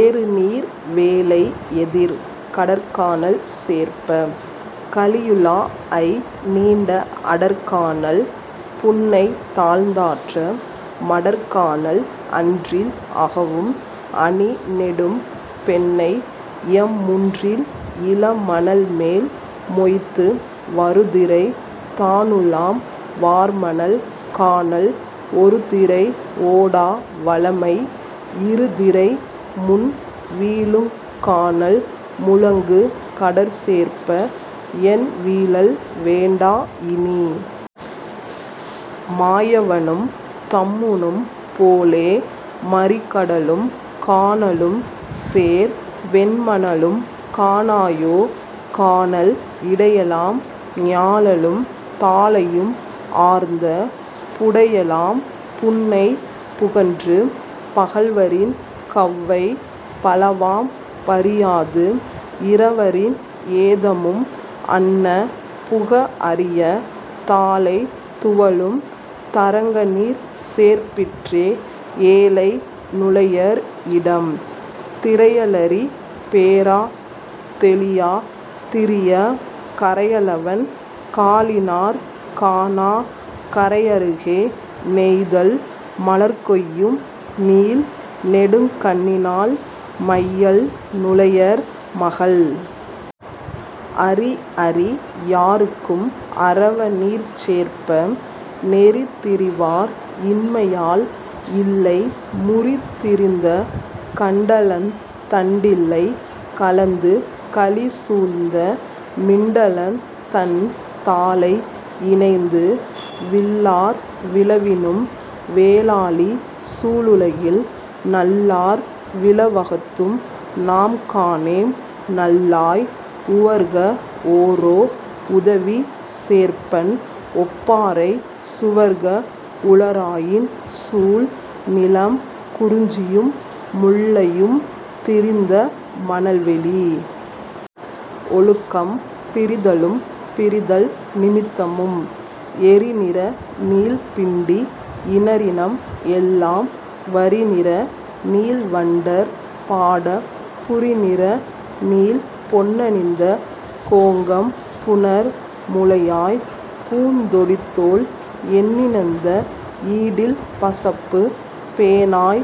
ஏறுநீர் வேலை எதிர். கடற்கானல் சேர்ப்ப! கழியுலாஅய் நீண்ட அடற்கானல் புன்னைதாழ்ந் ஆற்ற மடற்கானல் அன்றில் அகவும் அணிநெடும் பெண்ணைத்எம் முன்றில் இளமணல்மேல் மொய்த்து. வருதிரை தானுலாம் வார்மணல் கானல் ஒருதிரை ஓடா வளமை இருதிரை முன்வீழுங் கானல் முழங்கு கடற்சேர்ப்ப! என்வீழல் வேண்டா இனி. மாயவனும் தம்முனும் போலே மறிகடலும் கானலும்சேர் வெண்மணலும் காணாயோ கானல் இடையெலாம் ஞாழலும் தாழையும் ஆர்ந்த புடையெலாம் புன்னை புகன்று? பகல்வரின் கவ்வை பலவாம் பரியாது இரவரின் ஏதமும் அன்ன புகஅரிய தாழை துவளும் தரங்கநீர்ச் சேர்ப்பிற்றே ஏழை நுளையர் இடம். திரையலறிப் பேராத் தெழியாத் திரியாக் கரையலவன் காலினாற் கானாக் கரையருகே நெய்தல் மலர்கொய்யும் நீள்நெடுங் கண்ணினாள் மையல் நுளையர் மகள். அறிஅரி யார்க்கும் அரவ நீர்ச் சேர்ப்ப! நெறிதிரிவார் இன்மையால் இல்லை முறிதிரிந்த கண்டலந்தண் டில்லை கலந்து கழிசூழ்ந்த மிண்டலந்தண் தாழை இணைந்து. வில்லார் விழவினும் வேலாழி சூழுலகில் நல்லார் விழவகத்தும் நாம்காணேம் நல்லாய்! உவர்கத் ஒரோஉதவிச் சேர்ப்பன்ஒப் பாரைச் சுவர்கத் உளராயின் சூழ். நிலம்: குறிஞ்சியும் முல்லையும் திரிந்த மணல்வெளி. ஒழுக்கம்: பிரிதலும் பிரிதல் நிமத்தமும். எரிநிற நீள்பிண்டி இணரினம் எல்லாம் வரிநிற நீள்வண்டர் பாடப் புரிநிறநீள் பொன்னணிந்த கோங்கம் புணர் முலையாய்! பூந்தொடித்தோள் என்னணிந்த ஈடில் பசப்பு? பேணாய்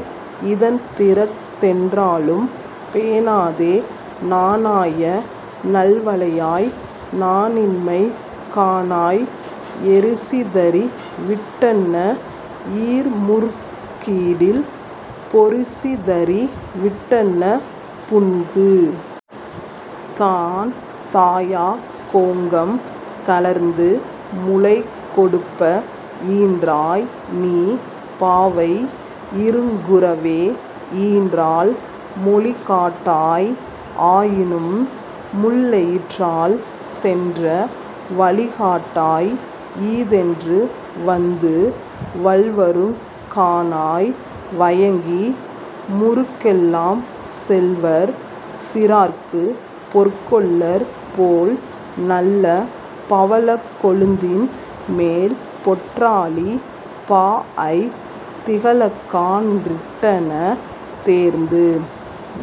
இதன்திறத் என்றாலும் பேணாதே நாணாய நல்வளையாய் நாணிண்மை காணாய் எரிசிதறி விட்டன்ன ஈர்முருக் ஈடில் பொரிசிதறி விட்டன்ன புன்கு. தான்தாயாக் கோங்கம் தளர்ந்து முலைகொடுப்ப ஈன்றாய்நீ பாவை இருங் குரவே! ஈன்றாள் மொழிகாட்டாய் ஆயினும் முள்ளெயிற்றாள் சென்ற வழிகாட்டாய் ஈதென்று வந்து. வல்வருங் காணாய் வயங்கி முருக்கெல்லாம் செல்வர் சிறார்க்குப்பொற் கொல்லர்போல் நல்ல பவளக் கொழுந்தின்மேல் பொற்றாலி பாஅய்த் திகழக்கான் றிட்டன தேர்ந்து!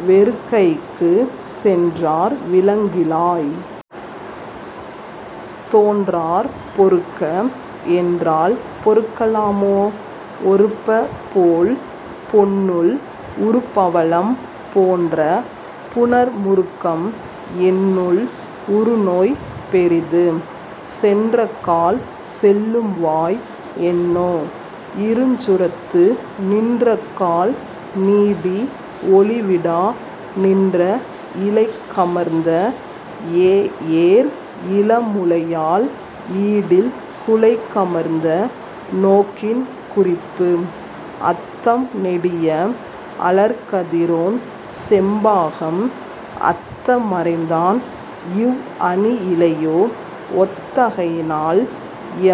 வெறுக்கைக்குச் சென்றார் விளங்கிழாய்! தோன்றார் பொறுக்கஎன் றால்பொறுக்க லாமோ? ஒறுப்பபோல் பொன்னுள் உறுபவளம் போன்ற புணர்முருக்கம் என்னுள் உறுநோய் பெரிது! சென்றக்கால் செல்லும்வாய் என்னோ? இருஞ்சுரத்து நின்றக்கால் நீடி ஒளிவிடா நின்ற இழைக்கமர்ந்த ஏஏர் இளமுலையாள் ஈடில் குழைக்கமர்ந்த நோக்கின் குறிப்பு! அத்தம் நெடிய அழற்கதிரோன் செம்பாகம் அத்தமறைந் தான்இவ் அணியிழையோ ஒத்த தகையினால்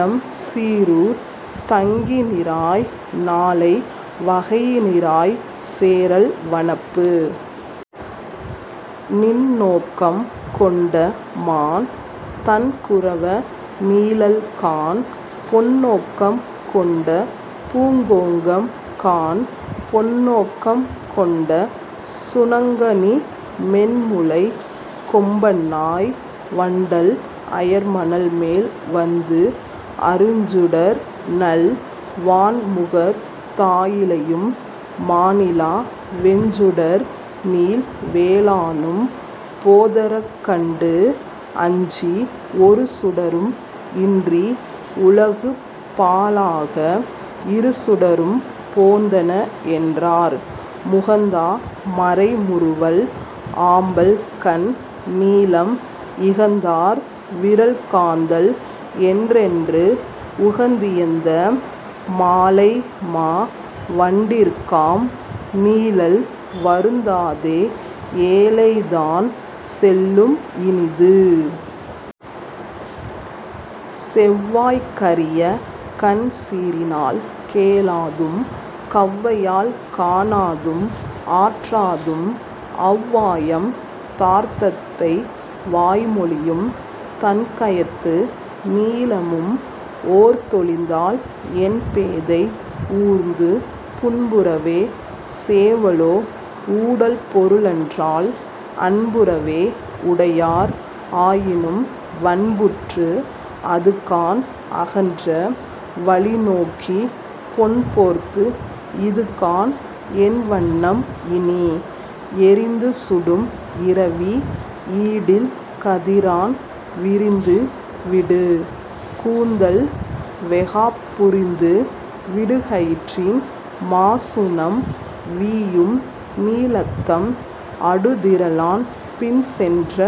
எம்சீறூர்த் தங்கினிராய் நாளை வகையினிராய்ச் சேறல் வனப்பு. நின்நோக்கம் கொண்டமான் தண்குரவ நீழல்காண் பொன்நோக்கம் கொண்டபூங் கோங்கம்காண் பொன் நோக்கம் கொண்ட சுணங்கணி மென்முலைக் கொம்பன்னாய்! வண்டல் அயர்மணல்மேல் வந்து! அஞ்சுடர்நள் வாண்முகத் ஆயிழையும் மாநிலா வெஞ்சுடர்நீள் வேலானும் போதரக் கண்டு அஞ்சி ஒருசுடரும் இன்றி உலகுபா ழாக இருசுடரும் போந்தனஎன் றார். முகந்தா மரைமுறுவல் ஆம்பல்கண் நீலம் இகந்தார் விரல்காந்தள் என்றென்று உகந்தியைந்த மாழைமா வண்டிற்காம் நீழல் வருந்தாதே ஏழைதான் செல்லும் இனிது. செவ்வாய்க் கரியகண் சீரினால் கேளாதும் கவ்வையால் காணாதும் ஆற்றாதும் அவ் வாயம் தார்த்தத்தை வாய்மொழியும் தண்கயத்து நீலமும் ஓர்த்தொழிந்தாள் என்பேதை ஊர்ந்து. புன்புறவே! சேவலோ ஊடல் பொருளன்றால் அன்புறவே உடையார் ஆயினும் வன்புற்று அதுகாண் அகன்ற வழிநோக்கிப் பொன்போர்த்து இதுகாண்என் வண்ணம் இனி! எரிந்து சுடும்இரவி ஈடில் கதிரான் விரிந்து விடுகூந்தல் வெ·காப் புரிந்து விடுகயிற்றின் மாசுணம் வீயும்நீள் அத்தம் அடுதிறலான் பின் சென்ற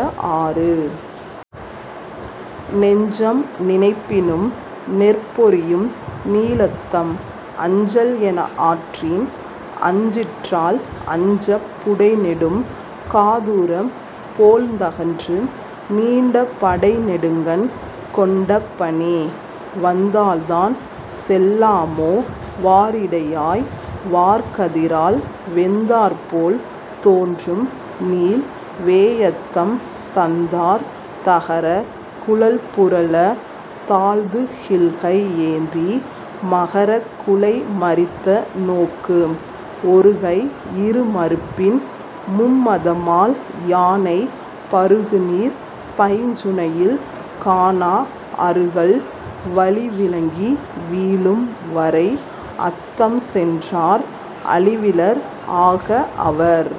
ஆறு. நெஞ்சம் நினைப்பினும் நெற்பொரியும் நீளத்தம் அஞ்சல் எனஆற்றின் அஞ்சிற்றால் அஞ்சப் புடைநெடும் காதுறப் போழ்ந்தகன்று நீண்ட படைநெடுங்கண் கொண்ட பனி. வந்தால்தான் செல்லாமோ வாரிடையாய்! வார்கதிரால் வெந்தாற்போல் தோன்றும்நீள் வேய்அத்தம் தந்தார் தகரக் குழல்புரளத் தாழ்துகில்கை யேந்தி மகரக் குழைமறித்த நோக்கு? ஒருகை, இருமருப்பின் மும்மதமால் யானை பருகுநீர் பைஞ்சுனையில் காணா அருகல் வழிவிலங்கி வீழும் வரைஅத்தம் சென்றார் அழிவிலர் ஆக அவர்!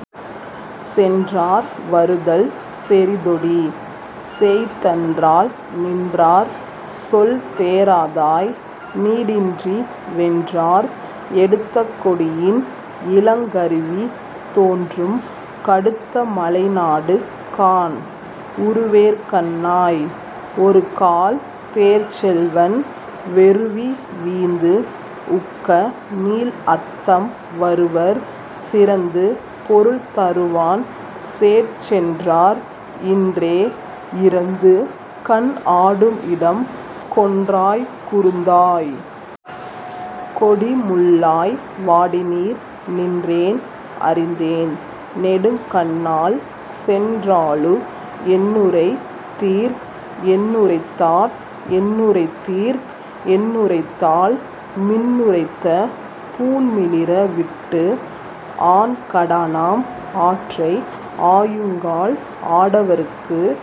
சென்றார் வருதல் செறிதொடி! சேய்த்தன்றால் நின்றார்சொல் தேறாதாய்! நீடின்றி வென்றார் எடுத்த கொடியின் இலங்கருவி தோன்றும் கடுத்த மலைநாடு காண்! உருவேற் கண்ணாய்! ஒரு கால்தேர்ச் செல்வன் வெருவிவீந்து உக்கநீள் அத்தம் வருவர் சிறந்து பொருள்தருவான் சேட்சென்றார் இன்றே இறந்துகண் ஆடும் இடம். கொன்றாய்! குருந்தாய்! கொடி முல்லாய்! வாடினீர் நின்றேன் அறிந்தேன் நெடுங்கண்ணாள் சென்றாளுக் என்னுரைத்தீர்க் என்னுரைத்தாட் என்னுரைத்தீர்க் என்னுரைத்தாள் மின்னுரைத்த பூண்மிளிர விட்டு? ஆண்கட னாம்ஆற்றை ஆயுங்கால் ஆடவர்க்குப்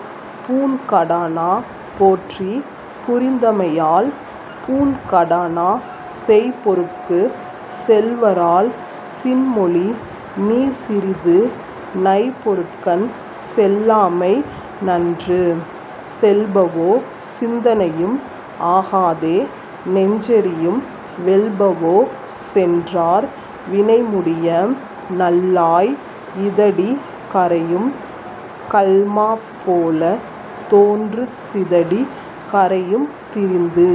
பூண்கடனாப் போற்றிப் புரிந்தமையால் பூண்கடனாச் செய்பொருட்குச் செல்வரால் சின்மொழி! நீசிறிது நைபொருட்கண் செல்லாமை நன்று. செல்பவோ சிந்தனையும் ஆகாதே நெஞ்செரியும் வெல்பவோ சென்றார் வினைமுடிய நல்லாய் இதடி கரையும்கல் மாபோலத் தோன்றுச் சிதடி கரையும் திரிந்து.।